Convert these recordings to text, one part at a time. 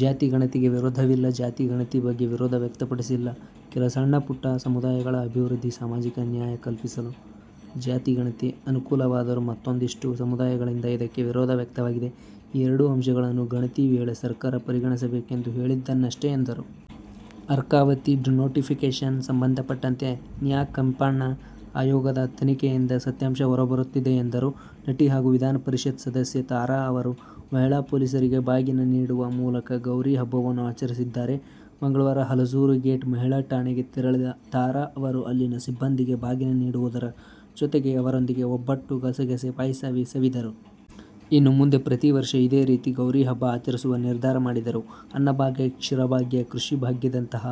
ಜಾತಿ ಗಣತಿಗೆ ವಿರೋಧವಿಲ್ಲ: ಜಾತಿ ಗಣತಿ ಬಗ್ಗೆ ವಿರೋಧ ವ್ಯಕ್ತಪಡಿಸಿಲ್ಲ. ಕೆಲ ಸಣ್ಣ ಪುಟ್ಟ ಸಮುದಾಯಗಳ ಅಭಿವೃದ್ಧಿ, ಸಾಮಾಜಿಕ ನ್ಯಾಯ ಕಲ್ಪಿಸಲು ಜಾತಿ ಗಣತಿ ಅನುಕೂಲವಾದರೂ ಮತ್ತೂಂದಿಷ್ಟು ಸಮುದಾಯಗಳಿಂದ ಇದಕ್ಕೆ ವಿರೋಧ ವ್ಯಕ್ತವಾಗಿದೆ. ಈ ಎರಡು ಅಂಶಗಳನ್ನು ಗಣತಿ ವೇಳೆ ಸರ್ಕಾರ ಪರಿಗಣಿಸಬೇಕೆಂದು ಹೇಳಿದ್ದನಷ್ಟೆ ಎಂದರು. ಅರ್ಕಾವತಿ ಡಿನೋಟಿಫಿಕೇಶನ್ ಸಂಬಂಧಪಟ್ಟಂತೆ ನ್ಯಾ ಕೆಂಪಣ್ಣ ಆಯೋಗದ ತನಿಖೆಯಿಂದ ಸತ್ಯಾಂಶ ಹೊರಬರುತ್ತದೆ ಎಂದರು. ನಟಿ ಹಾಗೂ ವಿಧಾನ ಪರಿಷತ್ ಸದಸ್ಯೆ ತಾರಾ ಅವರು ಮಹಿಳಾ ಪೊಲೀಸರಿಗೆ ಬಾಗಿನ ನೀಡುವ ಮೂಲಕ ಗೌರಿ ಹಬ್ಬವನ್ನು ಆಚರಿಸಿದ್ದಾರೆ. ಮಂಗಳವಾರ ಹಲಸೂರು ಗೇಟ್ ಮಹಿಳಾ ಠಾಣೆಗೆ ತೆರಳಿದ ತಾರಾ ಅವರು ಅಲ್ಲಿನ ಸಿಬ್ಬಂದಿಗೆ ಬಾಗಿನ ನೀಡುವುದರ ಜೊತೆಗೆ ಅವರೊಂದಿಗೆ ಒಬ್ಬಟ್ಟು, ಗಸಗಸೆ ಪಾಯಸ ಸವಿದರು. ಇನ್ನು ಮುಂದೆ ಪ್ರತಿ ವರ್ಷ ಇದೇ ರೀತಿ ಗೌರಿ ಹಬ್ಬ ಆಚರಿಸುವ ನಿರ್ಧಾರ ಮಾಡಿದರು. ಅನ್ನಭಾಗ್ಯ, ಕ್ಷೀರಭಾಗ್ಯ, ಕೃಷಿ ಭಾಗ್ಯದಂತಹ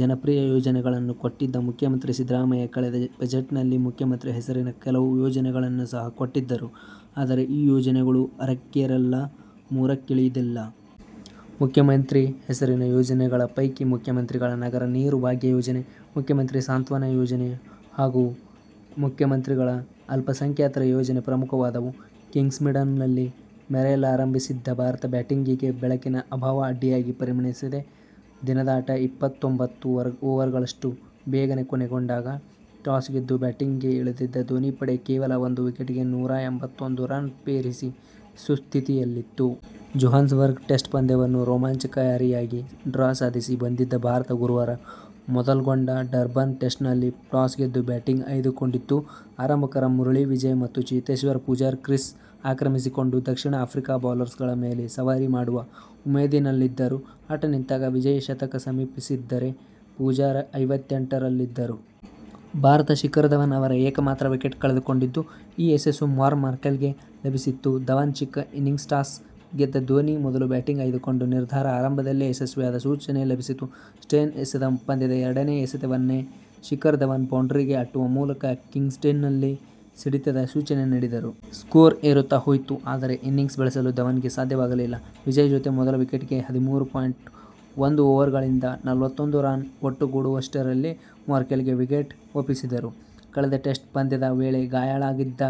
ಜನಪ್ರಿಯ ಯೋಜನೆಗಳನ್ನು ಕೊಟ್ಟಿದ್ದ ಮುಖ್ಯಮಂತ್ರಿ ಸಿದ್ದರಾಮಯ್ಯ ಕಳೆದ ಬಜೆಟ್ನಲ್ಲಿ ಮುಖ್ಯಮಂತ್ರಿ ಹೆಸರಿನ ಕೆಲವು ಯೋಜನೆಗಳನ್ನು ಸಹ ಕೊಟ್ಟಿದ್ದರು. ಆದರೆ, ಈ ಯೋಜನೆಗಳು ಆರಕ್ಕೇರಿಲ್ಲ, ಮೂರಕ್ಕಿಳಿದಿಲ್ಲ. ಮುಖ್ಯಮಂತ್ರಿ ಹೆಸರಿನ ಯೋಜನೆಗಳ ಪೈಕಿ ಮುಖ್ಯಮಂತ್ರಿಗಳ ನಗರ ನೀರು ಭಾಗ್ಯ ಯೋಜನೆ, ಮುಖ್ಯಮಂತ್ರಿ ಸಾಂತ್ವನಯೋಜನೆ ಹಾಗೂ ಮುಖ್ಯಮಂತ್ರಿಗಳ ಅಲ್ಪಸಂಖ್ಯಾತರ ಯೋಜನೆ ಪ್ರಮುಖವಾದವು. ಕಿಂಗ್ಸ್ಮೀಡ್ನಲ್ಲಿ ಮೆರೆಯಲಾರಂಭಿಸಿದ್ದ ಭಾರತದ ಬ್ಯಾಟಿಂಗಿಗೆ ಬೆಳಕಿನ ಅಭಾವ ಅಡ್ಡಿಯಾಗಿ ಪರಿಣಮಿಸಿದೆ. ದಿನದಾಟ ಇಪ್ಪತ್ತೊಂಬತ್ತು ಓವರ್ಗಳಷ್ಟು ಬೇಗನೇ ಕೊನೆಗೊಂಡಾಗ ಟಾಸ್ ಗೆದ್ದು ಬ್ಯಾಟಿಂಗಿಗೆ ಇಳಿದಿದ್ದ ಧೋನಿ ಪಡೆ ಕೇವಲ ಒಂದು ವಿಕೆಟಿಗೆ ನೂರಾ ಎಂಬತ್ತೊಂದು ರನ್ ಪೇರಿಸಿ ಸುಸ್ಥಿತಿಯಲ್ಲಿತ್ತು. ಜೊಹಾನ್ಸ್ಬರ್ಗ್ ಟೆಸ್ಟ್ ಪಂದ್ಯವನ್ನು ರೋಮಾಂಚಕಾರಿಯಾಗಿ ಡ್ರಾ ಸಾಧಿಸಿ ಬಂದಿದ್ದ ಭಾರತ ಗುರುವಾರ ಮೊದಲ್ಗೊಂಡ ಡರ್ಬನ್ ಟೆಸ್ಟ್ನಲ್ಲಿ ಟಾಸ್ ಗೆದ್ದು ಬ್ಯಾಟಿಂಗ್ ಆಯ್ದುಕೊಂಡಿತ್ತು. ಆರಂಭಕಾರ ಮುರಳಿ ವಿಜಯ್ ಮತ್ತು ಚೇತೇಶ್ವರ್ ಪೂಜಾರ ಕ್ರೀಸ್ ಆಕ್ರಮಿಸಿಕೊಂಡು ದಕ್ಷಿಣ ಆಫ್ರಿಕಾ ಬೌಲರ್ಗಳ ಮೇಲೆ ಸವಾರಿ ಮಾಡುವ ಉಮೇದಿನಲ್ಲಿದ್ದರು. ಆಟ ನಿಂತಾಗ ವಿಜಯ್ ಶತಕ ಸಮೀಪಿಸಿದ್ದರೆ, ಪೂಜಾರ ಐವತ್ತೆಂಟರಲ್ಲಿದ್ದರು. ಭಾರತ ಶಿಖರ್ ಧವನ್ ಅವರ ಏಕಮಾತ್ರ ವಿಕೆಟ್ ಕಳೆದುಕೊಂಡಿದ್ದು, ಈ ಯಶಸ್ಸು ಮಾರ್ನ್ ಮಾರ್ಕೆಲ್ಗೆ ಲಭಿಸಿತ್ತು. ಧವನ್ ಚಿಕ್ಕ ಇನ್ನಿಂಗ್ಸ್ಟಾಸ್ ಗೆದ್ದ ಧೋನಿ ಮೊದಲು ಬ್ಯಾಟಿಂಗ್ ಆಯ್ದುಕೊಂಡ ನಿರ್ಧಾರ ಆರಂಭದಲ್ಲೇ ಯಶಸ್ವಿಯಾದ ಸೂಚನೆ ಲಭಿಸಿತು. ಸ್ಟೇಯ್ನ ಎಸೆದ ಪಂದ್ಯದ ಎರಡನೇ ಎಸೆತವನ್ನೇ ಶಿಖರ್ ಧವನ್ ಬೌಂಡರಿಗೆ ಅಟ್ಟುವ ಮೂಲಕ ಕಿಂಗ್ಸ್ಮೀಡ್ನಲ್ಲಿ ಸಿಡಿತದ ಸೂಚನೆ ನೀಡಿದರು. ಸ್ಕೋರ್ ಏರುತ್ತ ಹೋಯಿತು. ಆದರೆ ಇನ್ನಿಂಗ್ಸ್ ಬೆಳೆಸಲು ಧವನ್ಗೆ ಸಾಧ್ಯವಾಗಲಿಲ್ಲ. ವಿಜಯ್ ಜತೆ ಮೊದಲ ವಿಕೆಟಿಗೆ ಹದಿಮೂರು ಪಾಯಿಂಟ್ ಒಂದು ಓವರ್ಗಳಿಂದ ನಲವತ್ತೊಂದು ರನ್ ಒಟ್ಟುಗೂಡಿಸುವಷ್ಟರಲ್ಲಿ ಮಾರ್ಕೆಲ್ಗೆ ವಿಕೆಟ್ ಒಪ್ಪಿಸಿದರು. ಕಳೆದ ಟೆಸ್ಟ್ ಪಂದ್ಯದ ವೇಳೆ ಗಾಯಾಳಾಗಿದ್ದ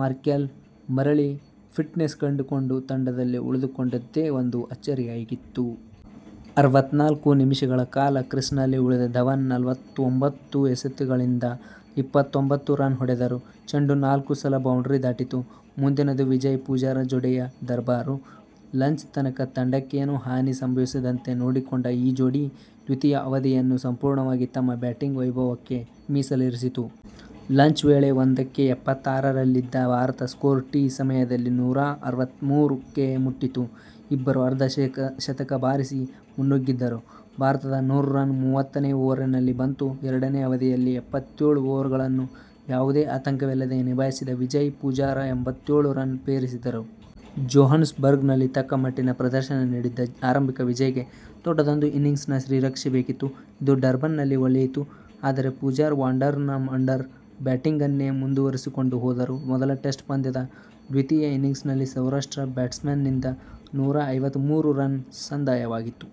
ಮಾರ್ಕೆಲ್ ಮರಳಿ ಫಿಟ್ನೆಸ್ ಕಂಡುಕೊಂಡು ತಂಡದಲ್ಲಿ ಉಳಿದುಕೊಂಡದ್ದೇ ಒಂದು ಆಚ್ಚರಿಯಾಗಿತ್ತು. ಆರಾವತ್ತ್ನಾಲ್ಕು ನಿಮಿಷಗಳ ಕಾಲ ಕ್ರೀಸ್ನಲ್ಲಿ ಉಳಿದ ಧವನ್ ನಲವತ್ತುಹೊಂಬತ್ತು ಎಸೆತಗಳಿಂದ ಇಪ್ಪತ್ತೊಂಭತ್ತು ರನ್ ಹೊಡೆದರು. ಚೆಂಡು ನಾಲ್ಕು ಸಲ ಬೌಂಡರಿ ದಾಟಿತು. ಮುಂದಿನದು ವಿಜಯ್-ಪೂಜಾರ ಜೋಡಿಯ ದರ್ಬಾರು. ಲಂಚ್ ತನಕ ತಂಡಕ್ಕೇನೂ ಹಾನಿ ಸಂಭವಿಸದಂತೆ ನೋಡಿಕೊಂಡ ಈ ಜೋಡಿ, ದ್ವಿತೀಯ ಅವಧಿಯನ್ನು ಸಂಪೂರ್ಣವಾಗಿ ತಮ್ಮ ಬ್ಯಾಟಿಂಗ್ ವೈಭವಕ್ಕೆ ಮೀಸಲಿರಿಸಿತು. ಲಂಚ್ ವೇಳೆ ಒಂದಕ್ಕೆ ಎಪ್ಪತ್ತಾರು ರಲ್ಲಿದ್ದ ಭಾರತದ ಸ್ಕೋರ್ ಟೀ ಸಮಯದಲ್ಲಿ ನೂರಾ ಅರವತ್ತಮೂರು ಕ್ಕೆ ಮುಟ್ಟಿತ್ತು. ಇಬ್ಬರೂ ಅರ್ಧ ಶತಕ ಬಾರಿಸಿ ಮುನ್ನುಗ್ಗಿದ್ದರು. ಭಾರತದ ನೂರು ರನ್ ಮೂವತ್ತನೇ ಓವರಿನಲ್ಲಿ ಬಂತು. ಎರಡನೇ ಅವಧಿಯಲ್ಲಿ ಇಪ್ಪತ್ತೇಳು ಓವರ್ಗಳನ್ನು ಯಾವುದೇ ಆತಂಕವಿಲ್ಲದೆ ನಿಭಾಯಿಸಿದ ವಿಜಯ್-ಪೂಜಾರ ಎಂಬತ್ತೇಳು ರನ್ ಪೇರಿಸಿದರು. ಜೊಹಾನ್ಸ್ಬರ್ಗ್ನಲ್ಲಿ ತಕ್ಕಮಟ್ಟಿನ ಪ್ರದರ್ಶನ ನೀಡಿದ್ದ ಆರಂಭಿಕ ವಿಜಯ್ಗೆ ದೊಡ್ಡದೊಂದು ಇನ್ನಿಂಗ್ಸಿನ ಶ್ರೀರಕ್ಷೆ ಬೇಕಿತ್ತು. ಇದು ಡರ್ಬನ್ನಲ್ಲಿ ಒಲಿಯಿತು. ಆದರೆ ಪೂಜಾರ ವಾಂಡರರ್ನ ವಂಡರ್ ಬ್ಯಾಟಿಂಗನ್ನೇ ಮುಂದುವರಿಸಿಕೊಂಡು ಹೋದರು. ಮೊದಲ ಟೆಸ್ಟ್ ಪಂದ್ಯದ ದ್ವಿತೀಯ ಇನ್ನಿಂಗ್ಸ್ನಲ್ಲಿ ಸೌರಾಷ್ಟ್ರ ಬ್ಯಾಟ್ಸ್ಮನ್ನಿಂದ ನೂರಾ ಐವತ್ತಮೂರು ರನ್ ಸಂದಾಯವಾಗಿತ್ತು.